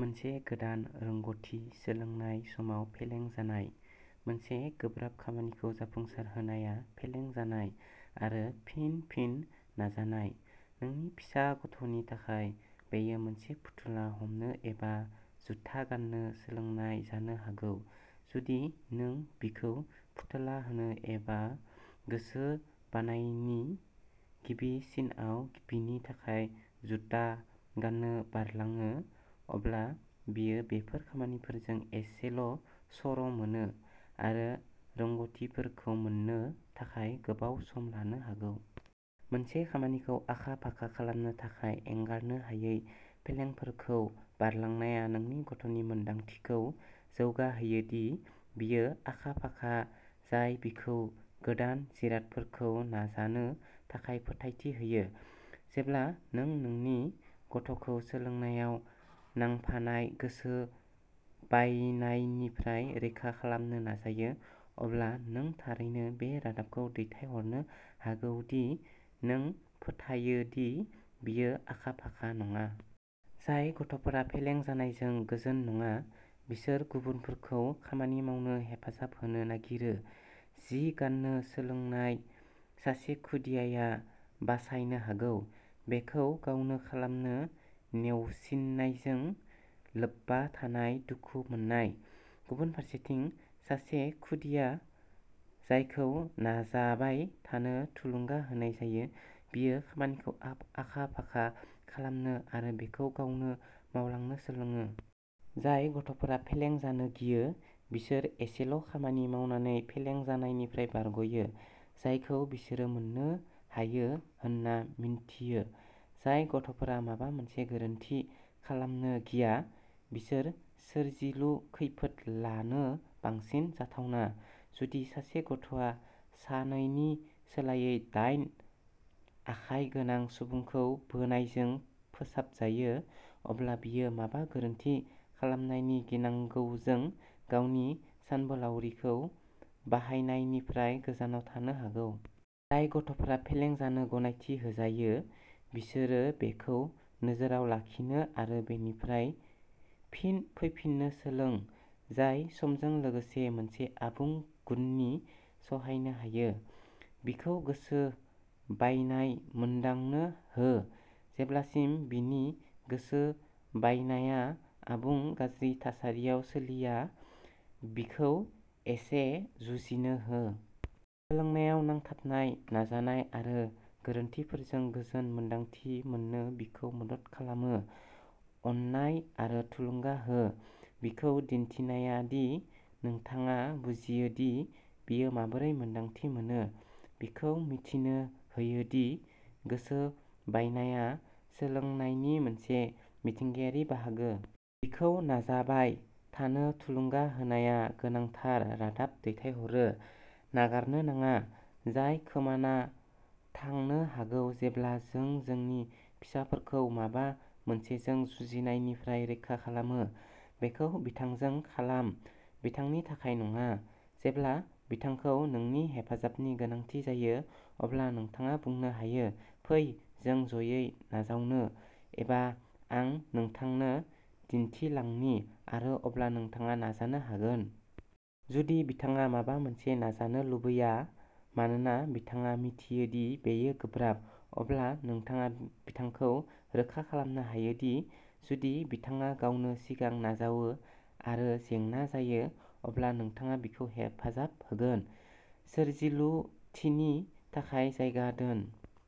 मोनसे गोदान रोंग'थि सोलोंनाय समाव फेलें जानाय। मोनसे गोब्राब खामानिखौ जाफुंसारहोनाया फेलें जानाय आरो फिन-फिन नाजानाय। नोंनि फिसा गथ'नि थाखाय, बेयो मोनसे फुथुला हमनो एबा जुथा गान्नो सोलोंनाय जानो हागौ। जुदि नों बिखौ फुथुला होनो एबा गोसो बायनायनि गिबि सिनआव बिनि थाखाय जुता गान्नो बारलाङो, अब्ला बियो बेफोर खामानिफोरजों एसेल'सर'मोनो आरो रोंग'थिफोरखौ मोन्नो थाखाय गोबाव सम लानो हागौ। मोनसे खामानिखौ आखा-फाखा खालामनो थाखाय एंगारनो हायै फेलेंफोरखौ बारलांनाया नोंनि गथ'नि मोनदांथिखौ जौगाहोयो दि बियो आखा-फाखा, जाय बिखौ गोदान जिरादफोरखौ नाजानो थाखाय फोथायथि होयो। जेब्ला नों नोंनि गथ'खौ सोलोंनायाव नांफानाय गोसो बायनायनिफ्राय रैखा खालामनो नाजायो, अब्ला नों थारैनो बे रादाबखौ दैथायहरनो हागौ दि नों फोथायो दि बियो आखा-फाखा नङा। जाय गथ'फोरा फेलें जानायजों गोजोन नङा, बिसोर गुबुनफोरखौ खामानि मावनो हेफाजाब होनो नागिरो। जि गान्नो सोलोंनाय सासे खुदियाया बासायनो हागौ। बेखौ गावनो खालामनो नेवसिनायजों लोब्बा थानाय दुखु मोननाय। गुबुन फारसेथिं, सासे खुदिया जायखौ नाजाबाय थानो थुलुंगा होनाय जायो, बियो खामानिखौ आखा-फाखा खालामनो आरो बेखौ गावनो मावलांनो सोलोङो। जाय गथ'फोरा फेलें जानो गियो, बिसोर एसेल'खामानि मावनानै फेलें जानायनिफ्राय बारग'यो, जायखौ बिसोरो मोननो हायो होन्ना मिन्थियो। जाय गथ'फोरा माबा मोनसे "गोरोन्थि" खालामनो गिया, बिसोर सोरजिलु खैफोद लानो बांसिन जाथावना। जुदि सासे गथ'आ सानैनि सोलायै दाइन आखाइ गोनां सुबुंखौ बोनायजों फोसाबजायो, अब्ला बियो माबा गोरोन्थि खालामनायनि गिनांगौजों गावनि सानबोलावरिखौ बाहायनायनिफ्राय गोजानाव थानो हागौ। जाय गथ'फोरा फेलें जानो गनायथि होजायो, बिसोरो बेखौ नोजोरआव लाखिनो आरो बेनिफ्राय फिन फैफिननो सोलों, जाय समजों लोगोसे मोनसे आबुं गुननि सहायनो हायो। बिखौ गोसो बायनाय मोनदांनो हो। जेब्लासिम बिनि गोसो बायनाया आबुं गाज्रि थासारियाव सोलिया, बिखौ एसे जुजिनो हो। सोलोंनायाव नांथाबनाय नाजानाय आरो गोरोन्थिफोरजों गोजोन मोन्दांथि मोननो बिखौ मदद खालामो। अननाय आरो थुलुंगा हो। बिखौ दिन्थिनाया दि नोंथाङा बुजियो दि बियो माबोरै मोन्दांथि मोनो, बिखौ मिथिनो होयो दि गोसो बायनाया सोलोंनायनि मोनसे मिथिंगायारि बाहागो। बिखौ नाजाबाय थानो थुलुंगा होनाया गोनांथार रादाब दैथायहरो, नागारनो नाङा, जाय खोमाना थांनो हागौ जेब्ला जों जोंनि फिसाफोरखौ माबा मोनसेजों जुजिनायनिफ्राय रैखा खालामो। बेखौ बिथांजों खालाम, बिथांनि थाखाय नङा। जेब्ला बिथांखौ नोंनि हेफाजाबनि गोनांथि जायो, अब्ला नोंथाङा बुंनो हायो "फै जों जयै नाजावनो" एबा "आं नोंथांनो दिन्थिलांनि आरो अब्ला नोंथाङा नाजानो हागोन"। जुदि बिथाङा माबा मोनसे नाजानो लुबैया मानोना बिथाङा मिथियो दि बेयो गोब्राब, अब्ला नोंथाङा बिथांखौ रोखा खालामनो हायो दि जुदि बिथाङा गावनो सिगां नाजावो आरो जेंना जायो, अब्ला नोंथाङा बिखौ हेफाजाब होगोन। सोरजिलुथिनि थाखाय जायगा दोन।